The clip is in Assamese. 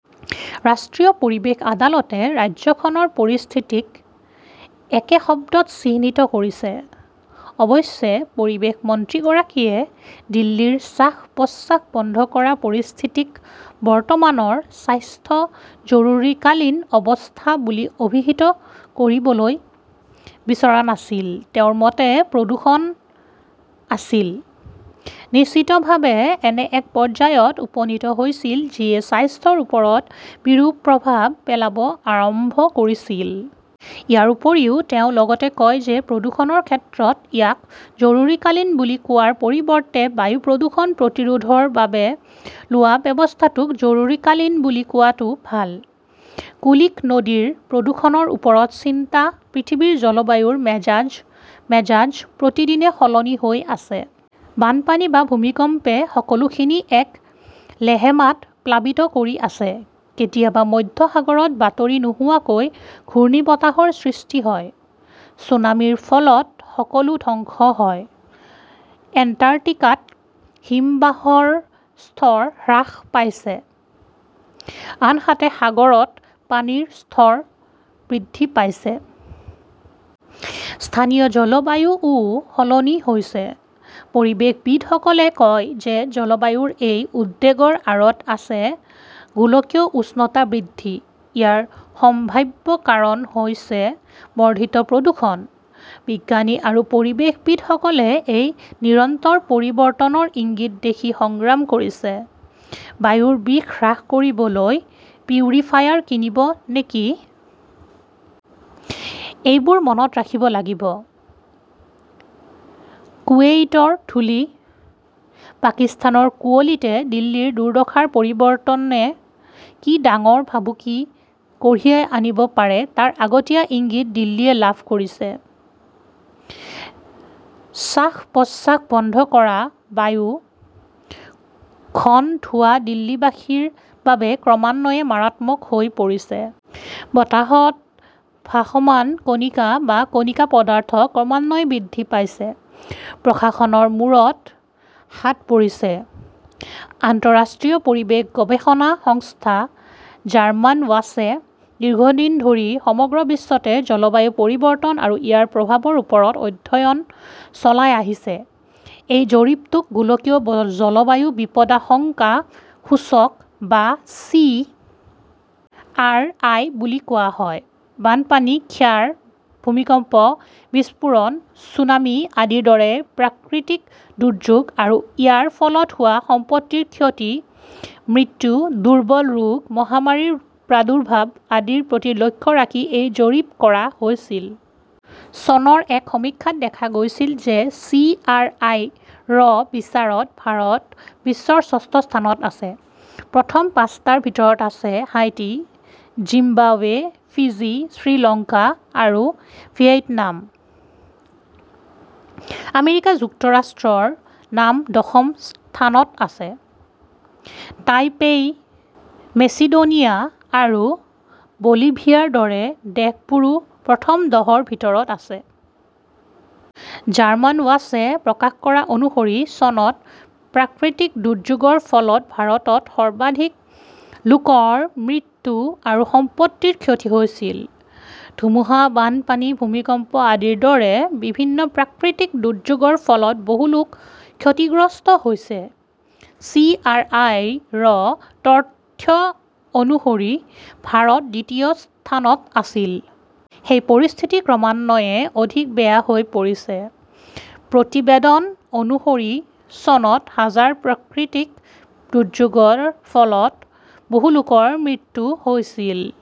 ৰাষ্ট্ৰীয় পৰিৱেশ আদালতে ৰাজ্যখনৰ পৰিস্থিতিক একে শব্দত চিহ্নিত কৰিছে। অৱশ্যে, পৰিৱেশ মন্ত্ৰীগৰাকীয়ে দিল্লীৰ শ্বাস-প্ৰশ্বাস বন্ধ কৰা পৰিস্থিতিক বৰ্তমানৰ 'স্বাস্থ্য জৰুৰীকালীন অৱস্থা বুলি অভিহিত কৰিবলৈ বিচৰা নাছিল। তেওঁৰ মতে, প্ৰদূষণ আছিল, নিশ্চিতভাৱে এনে এক পৰ্যায়ত উপনীত হৈছিল যিয়ে স্বাস্থ্যৰ ওপৰত বিৰূপ প্ৰভাৱ পেলাব আৰম্ভ কৰিছিল। ইয়াৰ উপৰিও, তেওঁ লগতে কয় যে প্ৰদূষণৰ ক্ষেত্ৰত ইয়াক জৰুৰীকালীন বুলি কোৱাৰ পৰিৱৰ্তে বায়ু প্ৰদূষণ প্ৰতিৰোধৰ বাবে লোৱা ব্যৱস্থাটোক জৰুৰীকালীন বুলি কোৱাটো ভাল। কুলিক নদীৰ প্ৰদূষণৰ ওপৰত চিন্তা পৃথিৱীৰ জলবায়ুৰ মেজাজ, মেজাজ প্ৰতিদিনে সলনি হৈ আছে। বানপানী বা ভূমিকম্পে সকলোখিনি এক লেহেমাত প্লাবিত কৰি আছে। কেতিয়াবা মধ্য সাগৰত বাতৰি নোহোৱাকৈ ঘূৰ্ণীবতাহৰ সৃষ্টি হয়, ছুনামিৰ ফলত সকলো ধ্বংস হয়। এণ্টাৰ্কটিকাত হিমবাহৰ স্তৰ হ্ৰাস পাইছে, আনহাতে সাগৰত পানীৰ স্তৰ বৃদ্ধি পাইছে। স্থানীয় জলবায়ুও সলনি হৈছে। পৰিৱেশবিদসকলে কয় যে জলবায়ুৰ এই উদ্বেগৰ আঁৰত আছে গোলকীয় উষ্ণতা বৃদ্ধি। ইয়াৰ সম্ভাৱ্য কাৰণ হৈছে বৰ্ধিত প্ৰদূষণ। বিজ্ঞানী আৰু পৰিৱেশবিদসকলে এই নিৰন্তৰ পৰিৱৰ্তনৰ ইংগিত দেখি সংগ্ৰাম কৰিছে। বায়ুৰ বিষ হ্ৰাস কৰিবলৈ পিউৰিফায়াৰ কিনিব নেকি? এইবোৰ মনত ৰাখিব লাগিব, কুৱেইটৰ ধূলি, পাকিস্তানৰ কুঁৱলীতে দিল্লীৰ দুৰ্দশাৰ পৰিৱৰ্তনে কি ডাঙৰ ভাবুকি কঢ়িয়াই আনিব পাৰে তাৰ আগতীয়া ইংগিত দিল্লীয়ে লাভ কৰিছে। শ্বাস-প্ৰশ্বাস বন্ধ কৰা বায়ু, ঘন ধোঁৱা দিল্লীবাসীৰ বাবে ক্ৰমান্বয়ে মাৰাত্মক হৈ পৰিছে। বতাহত ভাসমান কণিকা বা কণিকা পদাৰ্থ ক্ৰমান্বয়ে বৃদ্ধি পাইছে। প্ৰশাসনৰ মূৰত হাত পৰিছে। আন্তঃৰাষ্ট্ৰীয় পৰিৱেশ গৱেষণা সংস্থা জাৰ্মানৱাচে দীৰ্ঘদিন ধৰি সমগ্ৰ বিশ্বতে জলবায়ু পৰিৱৰ্তন আৰু ইয়াৰ প্ৰভাৱৰ ওপৰত অধ্যয়ন চলাই আহিছে। এই জৰীপটোক গোলকীয় জলবায়ু বিপদাশংকা সূচক বা চি. আৰ. আই. বুলি কোৱা হয়। বানপানী, ক্ষাৰ, ভূমিকম্প, বিস্ফোৰণ, ছুনামি আদিৰ দৰে প্ৰাকৃতিক দুৰ্যোগ আৰু ইয়াৰ ফলত হোৱা সম্পত্তিৰ ক্ষতি, মৃত্যু, দুৰ্বল ৰোগ, মহামাৰীৰ প্ৰাদুৰ্ভাৱ আদিৰ প্ৰতি লক্ষ্য ৰাখি এই জৰীপ কৰা হৈছিল। চনৰ এক সমীক্ষাত দেখা গৈছিল যে চি. আৰ. আই. -ৰ বিচাৰত ভাৰত বিশ্বৰ ষষ্ঠ স্থানত আছে। প্ৰথম পাঁচটাৰ ভিতৰত আছে হাইতি, জিম্বাবৱে, ফিজি, শ্ৰীলংকা আৰু ভিয়েটনাম। আমেৰিকা যুক্তৰাষ্ট্ৰৰ নাম দশম স্থানত আছে। টাইপেই, মেচিডোনিয়া আৰু বলিভিয়াৰ দৰে দেশবোৰো প্ৰথম দহৰ ভিতৰত আছে। জাৰ্মানৱাচে প্ৰকাশ কৰা অনুসৰি, চনত প্ৰাকৃতিক দুৰ্যোগৰ ফলত ভাৰতত সৰ্বাধিক লোকৰ মৃত্যু আৰু সম্পত্তিৰ ক্ষতি হৈছিল। ধুমুহা, বানপানী, ভূমিকম্প আদিৰ দৰে বিভিন্ন প্ৰাকৃতিক দুৰ্যোগৰ ফলত বহু লোক ক্ষতিগ্ৰস্ত হৈছে। চি. আৰ. আই. -ৰ তথ্য অনুসৰি ভাৰত দ্বিতীয় স্থানত আছিল। সেই পৰিস্থিতি ক্ৰমান্বয়ে অধিক বেয়া হৈ পৰিছে। প্ৰতিবেদন অনুসৰি, চনত হাজাৰ প্ৰাকৃতিক দুৰ্যোগৰ ফলত বহু লোকৰ মৃত্যু হৈছিল।